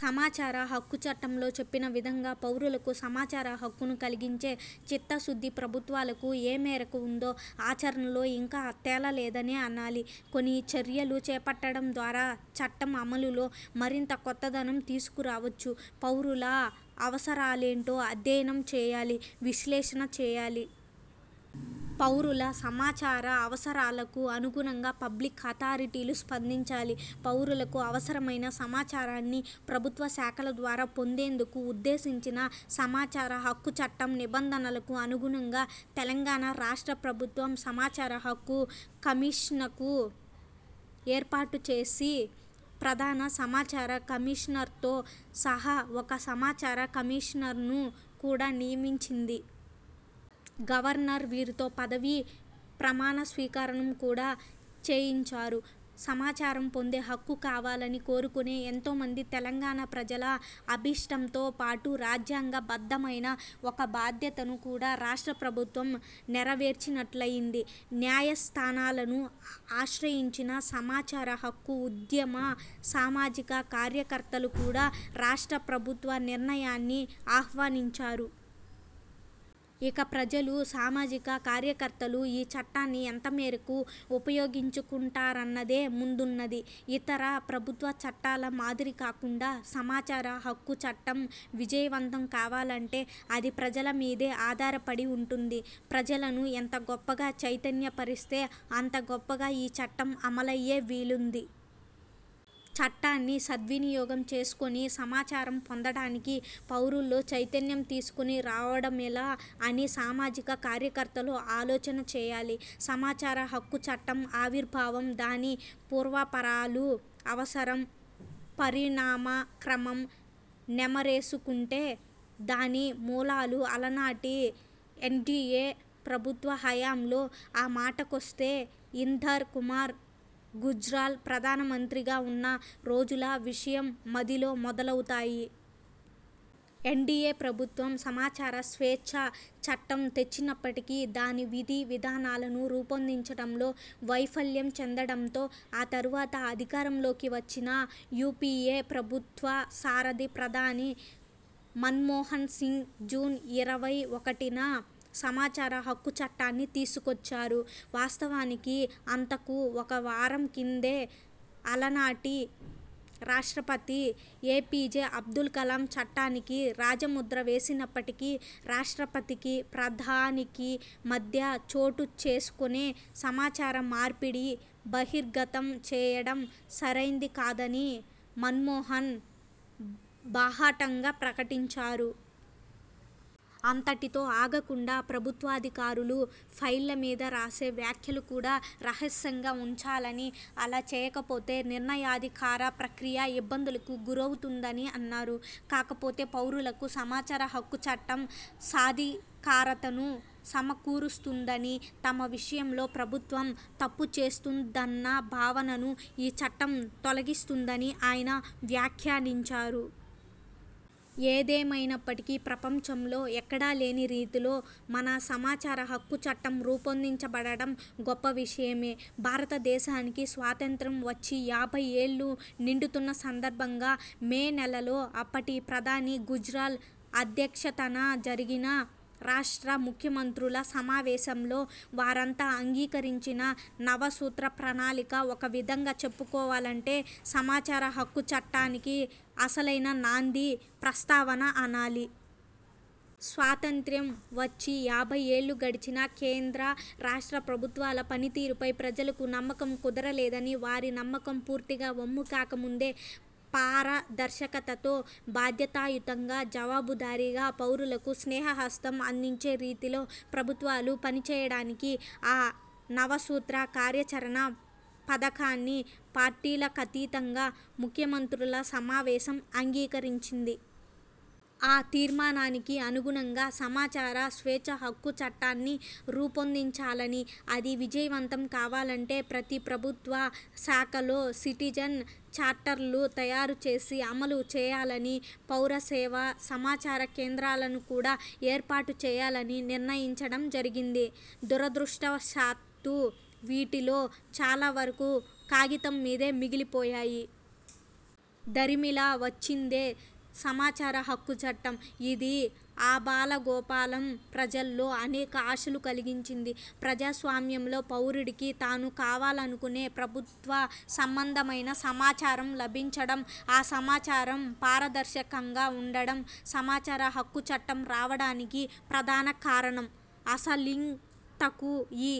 సమాచార హక్కు చట్టంలో చెప్పిన విధంగా పౌరులకు సమాచార హక్కును కలిగించే చిత్తశుద్ధి ప్రభుత్వాలకు ఏమేరకు ఉందో ఆచరణలో ఇంకా తేల లేదనే అనాలి. కొన్ని చర్యలు చేపట్టడం ద్వారా చట్టం అమలులో మరింత కొత్తదనం తీసుకురావచ్చు. పౌరుల అవసరాలేంటో అధ్యయనం చేయాలి, విశ్లేషణ చేయాలి. పౌరుల సమాచార అవసరాలకు అనుగుణంగా పబ్లిక్ అథారిటీలు స్పందించాలి. పౌరులకు అవసరమైన సమాచారాన్ని ప్రభుత్వ శాఖల ద్వారా పొందేందుకు ఉద్దేశించిన సమాచార హక్కు చట్టం నిబంధనలకు అనుగుణంగా, తెలంగాణ రాష్ట్ర ప్రభుత్వం సమాచార హక్కు కమిషన్ను ఏర్పాటుచేసి, ప్రధాన సమాచార కమిషనర్తో సహా ఒక సమాచార కమిషనర్ను కూడా నియమించింది. గవర్నర్ వీరితో పదవీ ప్రమాణ స్వీకారం కూడా చేయించారు. సమాచారం పొందే హక్కు కావాలని కోరుకునే ఎంతోమంది తెలంగాణ ప్రజల అభీష్టంతో పాటు రాజ్యాంగ బద్ధమైన ఒక బాధ్యతను కూడా రాష్ట్ర ప్రభుత్వం నేరవేర్చినట్లయింది. న్యాయ స్థానాలను ఆశ్రయించిన సమాచార హక్కు ఉద్యమ సామాజిక కార్యకర్తలు కూడా రాష్ట్ర ప్రభుత్వ నిర్ణయాన్ని ఆహ్వానించారు. ఇక ప్రజలు, సామాజిక కార్యకర్తలు ఈ చట్టాన్ని ఎంతమేరకు ఉపయోగించుకుంటారన్నదే ముందున్నది! ఇతర ప్రభుత్వ చట్టాల మాదిరి కాకుండా, సమాచార హక్కు చట్టం విజయవంతం కావాలంటే, అది ప్రజల మీదే ఆధారపడి వుంటుంది. ప్రజలను ఎంత గొప్పగా చైతన్య పరిస్తే, అంత గొప్పగా ఈ చట్టం అమలయ్యే వీలుంది. చట్టాన్ని సద్వినియోగం చేసుకుని సమాచారం పొందడానికి పౌరుల్లో చైతన్యం తీసుకుని రావడమెలా అని సామాజిక కార్యకర్తలు ఆలోచన చేయాలి. సమాచార హక్కు చట్టం ఆవిర్భావం, దాని పూర్వాపరాలు, అవసరం, పరిణామ క్రమం నెమరేసుకుంటే, దాని మూలాలు, అలనాటి ఎన్డీయే ప్రభుత్వ హయాంలో, ఆ మాటకొస్తే, ఇందర్ కుమార్ గుజ్రాల్ ప్రధాన మంత్రిగా వున్న రోజుల విషయం మదిలో మెదలుతాయి. ఎన్డీయే ప్రభుత్వం సమాచార స్వేచ్ఛ చట్టం తెచ్చినప్పటికీ, దాని విధి, విధానాలను రూపొందించడంలో వైఫల్యం చెందడంతో, ఆ తరువాత అధికారంలోకి వచ్చిన యూపీఏ ప్రభుత్వ సారథి ప్రధాని మన్మోహన్ సింగ్ జూన్ ఇరవై ఒకటిన సమాచార హక్కు చట్టాన్ని తీసుకొచ్చారు. వాస్తవానికి, అంతకు ఒక వారం కిందే అలనాటి రాష్ట్రపతి ఏపీజే అబ్దుల్ కలాం చట్టానికి రాజముద్ర వేసినప్పటికీ, రాష్ట్రపతికీ, ప్రధానికీ మధ్య చోటు చేసుకునే 'సమాచార మార్పిడి' బహిర్గతం చేయడం సరైంది కాదని మన్మోహన్ బాహాటంగా ప్రకటించారు. అంతటితో ఆగకుండా, ప్రభుత్వాధికారులు ఫైళ్ళ మీద రాసే వ్యాఖ్యలు కూడా రహస్యంగా ఉంచాలనీ, అలా చేయకపోతే, నిర్ణయాధికార ప్రక్రియ ఇబ్బందులకు గురవుతుందనీ అన్నారు. కాకపొతే, పౌరులకు సమాచారహక్కు చట్టం సాధికారతను సమకూరుస్తుందనీ, తమ విషయం లో ప్రభుత్వం తప్పు చేస్తున్నదన్న భావనను ఈ చట్టం తొలగిస్తుందనీ ఆయన వ్యాఖ్యానించారు. ఏదేమైనప్పటికీ ప్రపంచంలో ఎక్కడా లేని రీతిలో మన సమాచార హక్కు చట్టం రూపొందించబడడం గొప్ప విషయమే! భారత దేశానికి స్వాతంత్ర్యం వచ్చి యాభై ఏళ్లు నిండుతున్న సందర్భంగా మే నెలలో, అప్పటి ప్రధాని గుజ్రాల్ అధ్యక్షతన జరిగిన రాష్ట్ర ముఖ్యమంత్రుల సమావేశంలో, వారంతా అంగీకరించిన 'నవ సూత్ర ప్రణాళిక', ఒక విధంగా చెప్పుకోవాలంటే, సమాచారహక్కు చట్టానికి అసలైన నాందీ ప్రస్తావన అనాలి. స్వాతంత్ర్యం వచ్చి యాభై ఏళ్లు గడిచినా, కేంద్ర, రాష్ట్ర ప్రభుత్వాల పని తీరుపై ప్రజలకు నమ్మకం కుదరలేదనీ, వారి నమ్మకం పూర్తిగా వమ్ము కాకముందే, పారదర్శకతతో, బాధ్యతాయుతంగా, జవాబు దారీగా, పౌరులకు స్నేహ హస్తం అందించే రీతిలో ప్రభుత్వాలు పనిచేయడానికి ఆ నవసూత్ర కార్యాచరణ పథకాన్ని పార్టీలకతీతంగా ముఖ్యమంత్రుల సమావేశం అంగీకరించింది. ఆ తీర్మానానికి అనుగుణంగా సమాచార స్వేచ్ఛ హక్కు చట్టాన్ని రూపొందించాలనీ, అది విజయవంతం కావాలంటే, ప్రతి ప్రభుత్వ శాఖలో సిటిజెన్ చార్టర్లు తయారు చేసి అమలు చేయాలనీ, పౌర సేవా, సమాచార కేంద్రాలను కూడా ఏర్పాటు చేయాలనీ నిర్ణయించడం జరిగింది. దురదృష్టవశాత్తూ వీటిలో చాలా వరకు కాగితం మీదే మిగిలిపోయాయి. దరిమిలా వచ్చిందే సమాచార హక్కు చట్టం. ఇది ఆబాలగోపాలం ప్రజల్లో అనేక ఆశలు కలిగించింది. ప్రజాస్వామ్యంలో పౌరుడికి, తాను కావాలనుకునే ప్రభుత్వ సంబంధమైన సమాచారం లభించడం, ఆ సమాచారం పారదర్శకంగా వుండడం సమాచార హక్కు చట్టం రావడానికి ప్రధాన కారణం. అసలింతకూ ఈ